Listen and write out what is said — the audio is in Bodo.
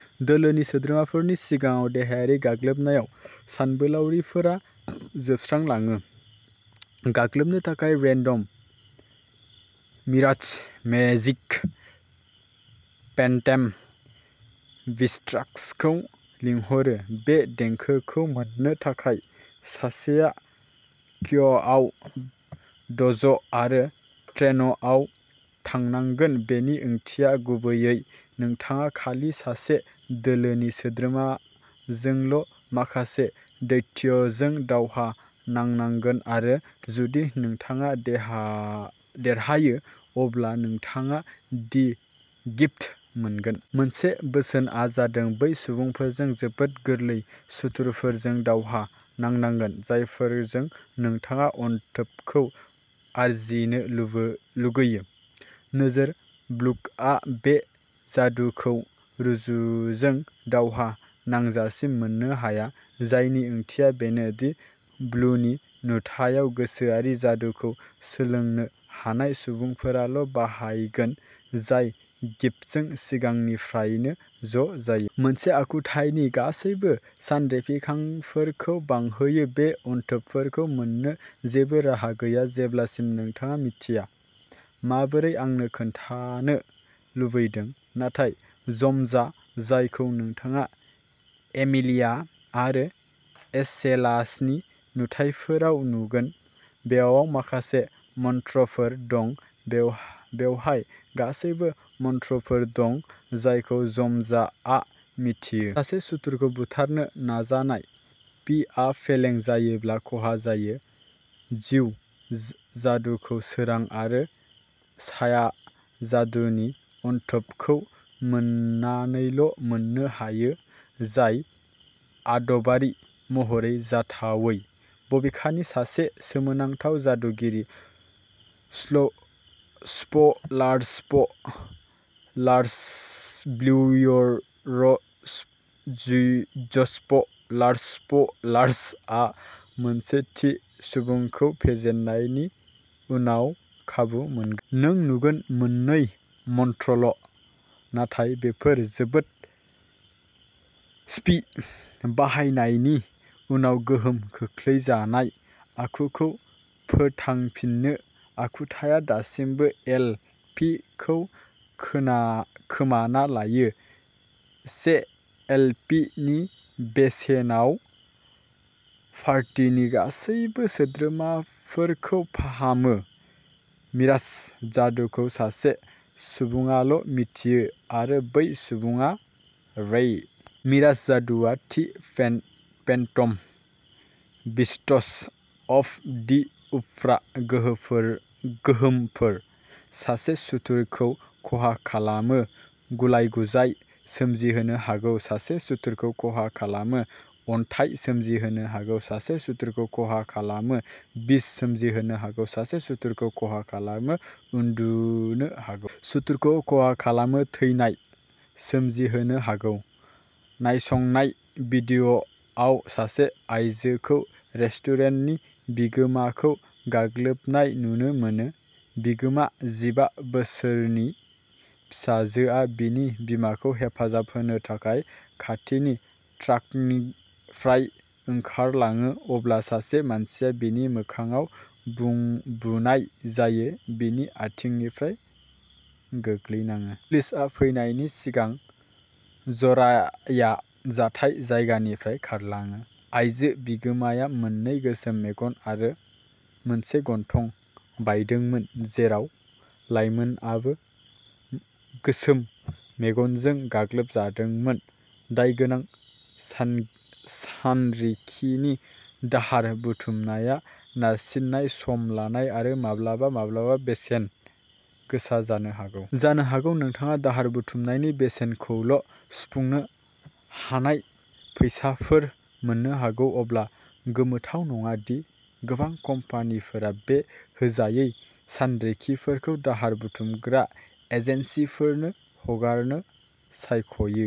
दोलोनि सोद्रोमाफोरनि सिगाङाव देहायारि गाग्लोबनायाव सानबोलावरिफोरा जोबस्रांलाङो। गाग्लोबनो थाखाय रेन्डम मिराज मेजिक फेन्टम बिस्ट्सखौ लिंहरो। बे देंखोखौ मोन्नो थाखाय सासेया क्य'आव द'ज' आरो "ट्रेन" आव थांनांगोन। बेनि ओंथिया गुबैयै नोंथाङा खालि सासे दोलोनि सोद्रोमाजोंल' माखासे दैत्यजों दावहा नांनांगोन आरो जुदि नोंथाङा देहा देरहायो, अब्ला नोंथाङा "दि गिफ्ट" मोनगोन। मोनसे बोसोनआ जादों बै सुबुंफोरजों जोबोद गोरलै सुथुरफोरजों दावहा नांनांगौ जायफोरजों नोंथाङा अनथोबखौ आरजिनो लुगैयो। नोजोरः ब्लुआ बे जादुखौ रुजजों दावहा नांजासिम मोननो हाया, जायनि ओंथिया बेनो दि ब्लुनि नुथायाव गोसोआरि जादुखौ सोलोंनो हानाय सुबुंफोराल' बाहायगोन जाय गिफ्टजों सिगांनिफ्रायनो ज' जायो। मोनसे आखुथायनि गासैबो सानरिखिफोरखौ बांहोयो। बे अनथोबखौ मोन्नो जेबो राहा गैया, जेब्लासिम नोंथाङा मिन्थिया। माबोरै, आंनो खोन्थानो लुबैदों? नाथाय... ज'ज्मा, जायखौ नोंथाङा एमिलिया आरो एसेलासनि नुथाइफोराव नुगोन, बेयाव माखासे मंत्रफोर दं। बेवहाय गासैबो मंत्रफोर दं जायखौ ज'ज्माआ मिथियो। सासे सुथुरखौ बुथारनो नाजानाय; पि आ फेलें जायोब्ला खहा जायो। जिउ जादुखौ सोरां आरो साया जादुनि अनथोबखौ मोननानैल' मोननो हायो, जाय आदबारि महरै जाथावै। बबेखानि, सासे सोमोनांथाव जादुगिरि स्प'लारस्प'लार्सब्लिउय'र'जस्प'लार्सस्प'लार्स आ मोनसे थि सुबुंखौ फेजेननायनि उनाव खाबु मोन। नों नुगोन। मोननै मंत्रल', नाथाय बेफोर जोबोद "स्पि"। बाहायनायनि उनाव गोहोम खोख्लैजानाय आखुखौ फोथांफिनो, आखुथाया दासिमबो एल. पि. खौ खोना खोमाना लायो। से एल. पि. नि बेसेनाव पार्टिनि गासिबो सोद्रोमाफोरखौ फाहामो। मिराज जादुखौ सासे सुबुङाल' मिथियो आरो बै सुबुङा रेइ। मिराज जादुआ the pen phantom beasts of the उफ्रा गोहोफोर गोहोमफोर। सासे सुथुरखौ खहा खालामो, "गुलाय-गुजाय" सोमजिहोनो हागौ। सासे सुथुरखौ खहा खालामो, "अन्थाइ" सोमजिहोनो हागौ। सासे सुथुरखौ खहा खालामो, "बिस" सोमजिहोनो हागौ। सासे सुथुरखौ खहा खालामो, "उन्दुनो" हागौ। सुथुरखौ खहा खालामो, "थैनाय" सोमजिहोनो हागौ। नायसंनाय भिडिअ'आव सासे आयजोखौ रेस्टुरेन्टनि बिगोमाखौ गाग्लोबनाय नुनो मोनो। बिगोमा जिबा बोसोरनि फिसाजोआ बिनि बिमाखौ हेफाजाब होनो थाखाय खाथिनि ट्राकनिफ्राय ओंखारलाङो। अब्ला सासे मानसिया बिनि मोखांआव बुं बुनाय जायो, बिनि आथिंनिफ्राय गोग्लैनाङो। पुलिसआ फैनायनि सिगां जराया जाथाय जायगानिफ्राय खारलाङो। आइजो बिगोमाया मोननै गोसोम मेगन आरो मोनसे गन्थं बायदोंमोन, जेराव लाइमोनआबो गोसोम मेगनजों गाग्लोबजादोंमोन। दायगोनां सान सानरिखिनि दाहार बुथुमनाया नारसिननाय, सम लानाय आरो माब्लाबा-माब्लाबा बेसेन गोसा जानो हागौ। जानो हागौ, नोंथाङा दाहार बुथुमनायनि बेसेनखौल' सुफुंनो हानाय फैसाफोर मोननो हागौ। अब्ला, गोमोथाव नङा दि गोबां कम्पानिफोरा बे होजायै सानरिखिफोरखौ दाहार बुथुमग्रा एजेन्सिफोरनो हगारनो सायख'यो।